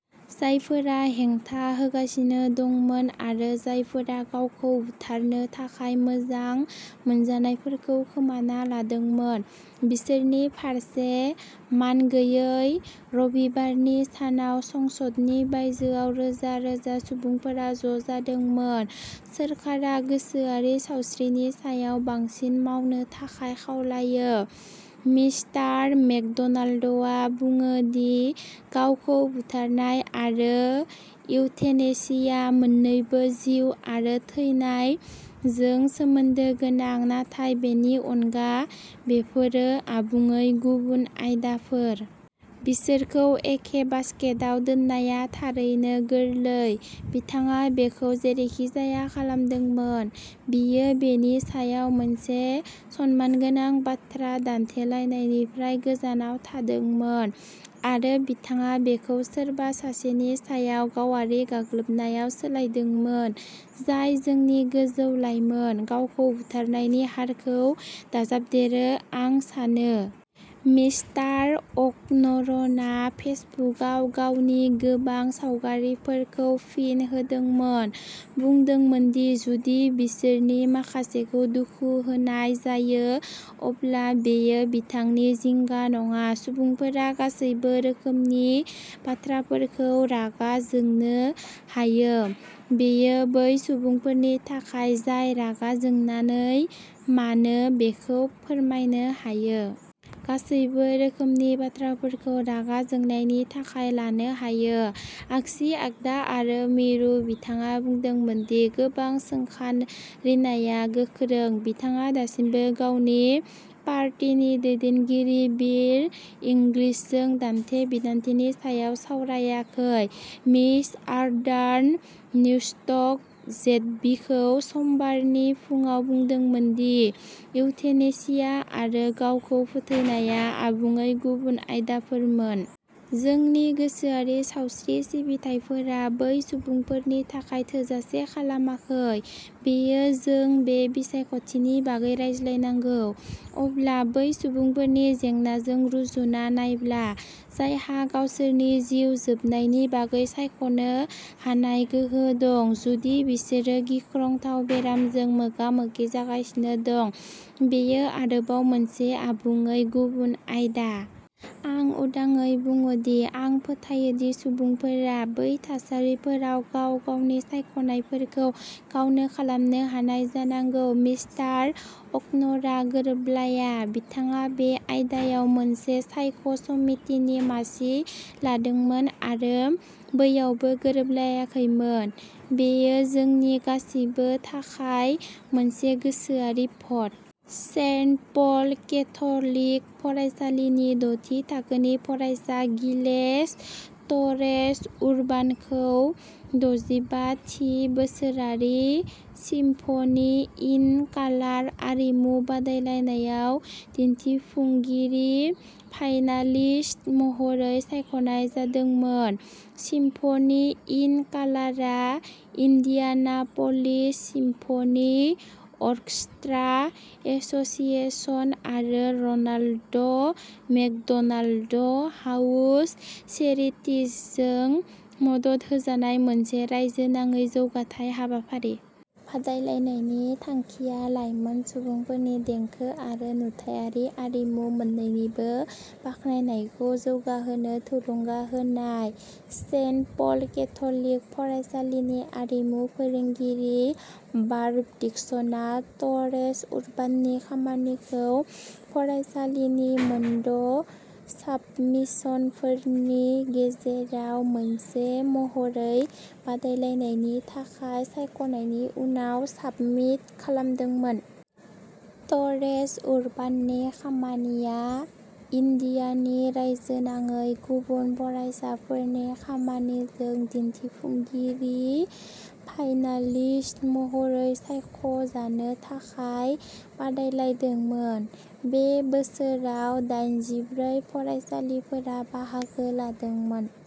जायफोरा हेंथा होगासिनो दंमोन आरो जायफोरा गावखौ बुथारनो थाखाय मोजां मोनजानायफोरखौ खोमाना लादोंमोन, बिसोरनि फारसे मानगैयै। रबिबारनि सानाव संसदनि बायजोआव रोजा रोजा सुबुंफोरा ज'जादोंमोन, सोरखारा गोसोआरि सावस्रिनि सायाव बांसिन मावनो थाखाय खावलायनो। मिस्टार मेकड'नाल्डआ बुङो दि गावखौ बुथारनाय आरो इउथेनेसिया मोन्नैबो जिउ आरो थैनाय जों सोमोन्दो गोनां, नाथाय बेनि अनगा, बेफोरो आबुङै गुबुन गुबुन आयदाफोर। बिसोरखौ एखे बास्केटआव दोननाया थारैनो गोरलै। बिथाङा बेखौ जेरैखिजाया खालामदोंमोन, बियो बेनि सायाव मोनसे सनमानगोनां बाथ्रा दान्थेलायनायनिफ्राय गोजानाव थांदोंमोन, आरो बिथाङा बेखौ सोरबा सासेनि सायाव गावारि गाग्लोबनायाव सोलायदोंमोन। जाय जोंनि गोजौ लाइमोन गावखौ बुथारनायनि हारखौ दाजाबदेरो, आं सानो। मिस्टार अ'कन'रना फेसबुकआव गावनि गोबां सावरायगिरिफोरखौ फिन होदोंमोन, बुंदोंमोन दि जुदि बिसोरनि माखासेखौ दुखु होनाय जायो अब्ला बेयो बिथांनि जिंगा नङा। सुबुंफोरा गासैबो रोखोमनि बाथ्राफोरखौ रागा जोंनो हायो बेयो बै सुबुंफोरनि थाखाय जाय रागा जोंनानै मानो बेखौ फोरमायनो हायो। गासैबो रोखोमनि बाथ्राफोरखौ रागा जोंनायनि थाखाय लानो हायो, आगसि आगदा आरो मिरु बिथाङा बुंदोंमोन दि गोबां सोंखारिनाया गोख्रों। बिथाङा दासिमबो गावनि पार्टीनि दैदेनगिरि बिल इंग्लिशजों दान्थे-बिदान्थेनि सायाव सावरायाखै। मिस आर्डार्ना निउस्टक जेडबिखौ समबारनि फुंआव बुंदोंमोन दि इउथेनेसिया आरो गावखौ फोथैनाया आबुङै गुबुन आयदाफोर मोन। जोंनि गोसोआरि सावस्रि सिबिथाइफोरा बै सुबुंफोरनि थाखाय थोजासे खालामाखै, बेयो जों बे बिसायख'थिनि बागै रायज्लायनांगौ। अब्ला बै सुबुंफोरनि जेंनाजों रुजुना नायब्ला, जायहा गावसोरनि जिउनि जोबनायनि बागै सायख'नो हानाय गोहो दं, जुदि बिसोरो गिख्रंथाव बेरामजों मोगा-मोगि जागासिनो दं, बेयो आरोबाव मोनसे आबुङै गुबुन आयदा। आं उदाङै बुंदों दि आं फोथायो दि सुबुंफोरा। बै थासारिफोराव गाव गावनि सायख'नायफोरखौ गावनो खालामनो हानाय जानांगौ। मिस्टार अ'कन'रआ गोरोबलाया, बिथाङा बे आयदायाव मोनसे सायख' समितिनि मासि लादोंमोन आरो बैयावबो गोरोबलायाखैमोन। बेयो जोंनि गासिबो थाखाय मोनसे गोसोआरि भट। सेन्ट पल केथ'लिक फरायसालिनि द'थि थाखोनि फरायसा गिसेल ट'रेस-उर्बान'खौ दजिबा थि बोसोरारि सिम्फ'नि इन कालार आरिमु बादायलायनायाव दिन्थिफुंगिरि फाइनालिस्ट महरै सायख'नाय जादोंमोन। सिम्फ'नि इन कालारआ इन्डियानाप'लिस सिम्फ'नि अर्केस्ट्रा एस'सिएशन आरो र'नाल्ड मेकड'नाल्ड हाउस चेरिटिजजों मदद होजानाय मोनसे रायजोनाङै जौगाथाय हाबाफारि। बादायलायनायनि थांखिया लाइमोन सुबुंफोरखौ देंखो आरो नुथायारि आरिमु मोन्नैनिबो बाखनायनायखौ जौगाहोनो थुलुंगा होनाय। सेन्ट पल केथ'लिक फरायसालिनि आरिमु फोरोंगिरि बार्ब डिक्सना ट'रेस-उर्बान'नि खामानिखौ फरायसालिनि मोनद' साबमिशनफोरनि गेजेराव मोनसे महरै बादायलायनायनि थाखाय सायख'नायनि उनाव साबमिट खालामदोंमोन। ट'रेस-उर्बान'नि खामानिया इन्डियानि रायजोनाङै गुबुन फरायसाफोरनि खामानिजों दिन्थिफुंगिरि फाइनालिस्ट महरै सायख'जानो थाखाय बादायलायदोंमोन। बे बोसोराव दायेनजिब्रै फरायसालिफोरा बाहागो लादोंमोन।